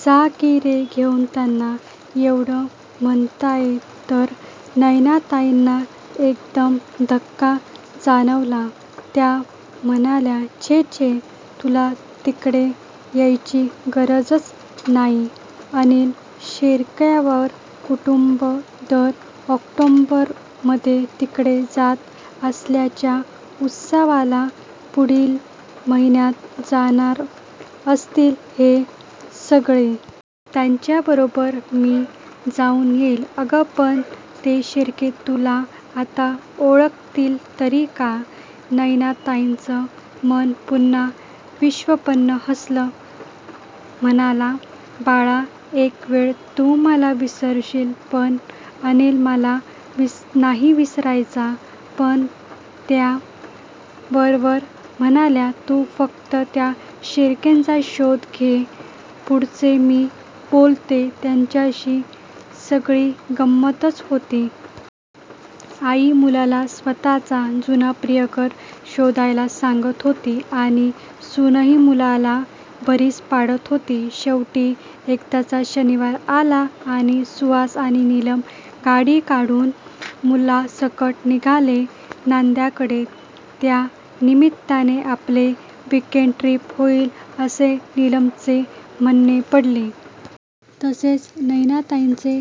"जा की रे घेऊन त्यांना! एवढं म्हणतायत तर"नयनाताईंना एकदम धोका जाणवला, त्या म्हणाल्या"छे छे! तुला तिकडे यायची गरजच नाही. अनिल शिर्केचं कुटुंब दर ऑक्टोबरमध्ये तिकडे जातं कसल्याश्या उत्सवाला. पुढच्या महिन्यात जाणार असतील ते सगळे. त्यांच्याबरोबरच मी जाऊन येईन""अगं पण ते शिर्के तुला आता ओळखतील तरी का? "नयनाताईंचं मन पुन्हा विषण्ण हसलं! म्हणालं, बाळा, एकवेळ तू मला विसरशील पण अनिल मला नाही विसरायचा! पण त्या वरवर म्हणाल्या"तू फक्त त्या शिर्क्यांचा शोध घे, पुढचं मी बोलते त्यांच्याशी"सगळी गंमतच होती. आई मुलाला स्वतःच जुना प्रियकर शोधायला सांगत होती आणि सूनही मुलाला भरीस पाडत होती. शेवटी एकदाच शनिवार आला आणि सुहास आणि निलम गाडी काढून मुलांसकट निघाले नांद्याकडे! त्या निमित्ताने आपली वीकएण्ड ट्रिप होईल असे निलमचे म्हणणे पडले. तसेही नयनाताईंचे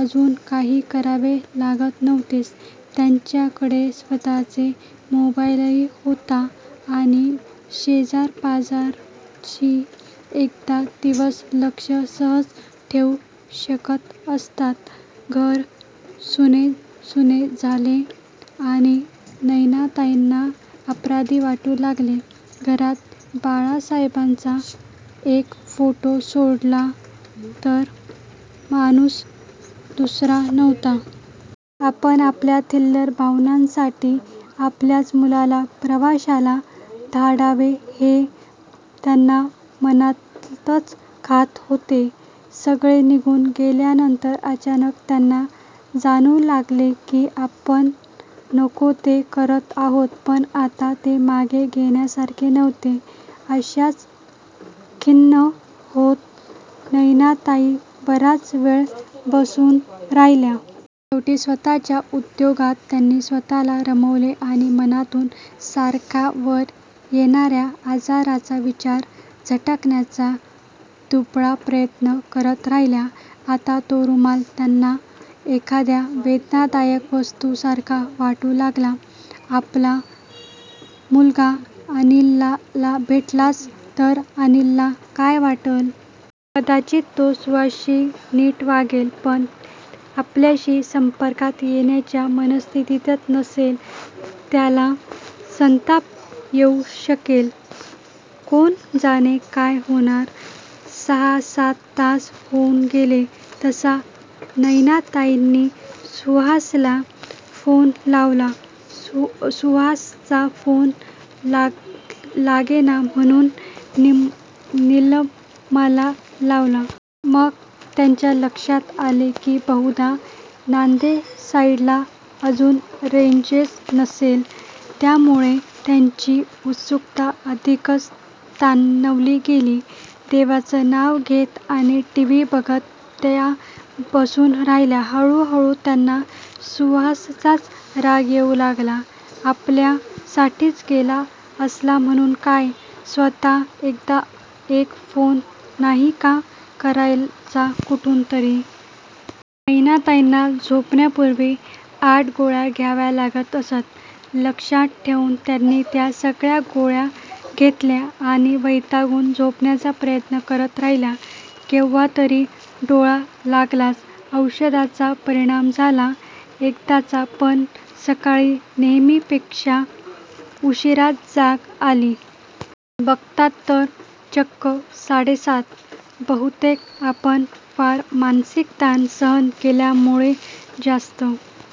अजून काही करावे लागत नव्हतेच. त्यांच्याकडे स्वतःच मोबाईलही होता आणि शेजारीपाजारीही एखादा दिवस लक्ष सहज ठेवू शकले असते. घर सुनेसुने झाले आणि नयनाताईंना अपराधी वाटू लागले. घरात बाळासहेबांचा एक फोटो सोडला तर माणूस दुसरा नव्हता. आपण आपल्या थिल्लर भावनांसाठी आपल्याच मुलाला प्रवासाला धाडावे हे त्यांना मनातच खात होते. सगळे निघून गेल्यानंतर अचानक त्यांना जाणवू लागले की आपण नको ते करत आहोत. पण आता ते मागे घेण्यासारखे नव्हते. काहीश्या खिन्न होत नयनाताई बराच वेळ बसून राहिल्या. शेवटी स्वतःच्या उद्योगात त्यांनी स्वतःला रमवले आणि मनातून सारखा वर येणारा आजाराचा विचार झटकायचा दुबळा प्रयत्न करत राहिल्या. आता तो रुमाल त्यांना एखाद्या वेदनादायक वस्तूसारखा वाटू लागला. आपला मुलगा अनिलला भेटलाच तर अनिलला काय वाटेल? कदाचित तो सुहासशी नीट वागेल पण आपल्याशी संपर्कात येण्याच्या मनस्थितीतच नसेल. त्याला संताप येऊ शकेल. कोण जाणे काय होणार! सहा, सात तास होऊन गेले तसा नयनाताईंनी सुहासला फोन लावला. सुहासचा फोन लागेना म्हणून निलमला लावला. मग त्यांच्या लक्षात आले की बहुधा नांदेसाईडला अजून कव्हरेजच नसेल. त्यामुळे त्यांची उत्सुकता अधिकच ताणली गेली. देवाचे नांव घेत आणि टीव्ही बघत त्या बसून राहिल्या. हळूहळू त्यांना सुहासचाच राग येऊ लागला. आपल्यासाठीच गेला असला म्हणून काय, स्वतः एखादा फोन नाही का करायचा कुठूनतरी! नयनाताईंना झोपण्यापूर्वी आठ गोळ्या घ्याव्या लागत असत. लक्षात ठेवून त्यांनी त्या सगळ्या गोळ्या घेतल्या आणि वैतागून झोपायचा प्रयत्न करत राहिल्या. केव्हातरी डोळा लागलाच, औषधांचा परिणाम झाला एकदाचा! पण सकाळी नेहमीपेक्षा उशीरा जाग आली. बघतात तर चक्क साडे सात! बहुतेक आपण फार मानसिक ताण सहन केल्यामुळे जास्त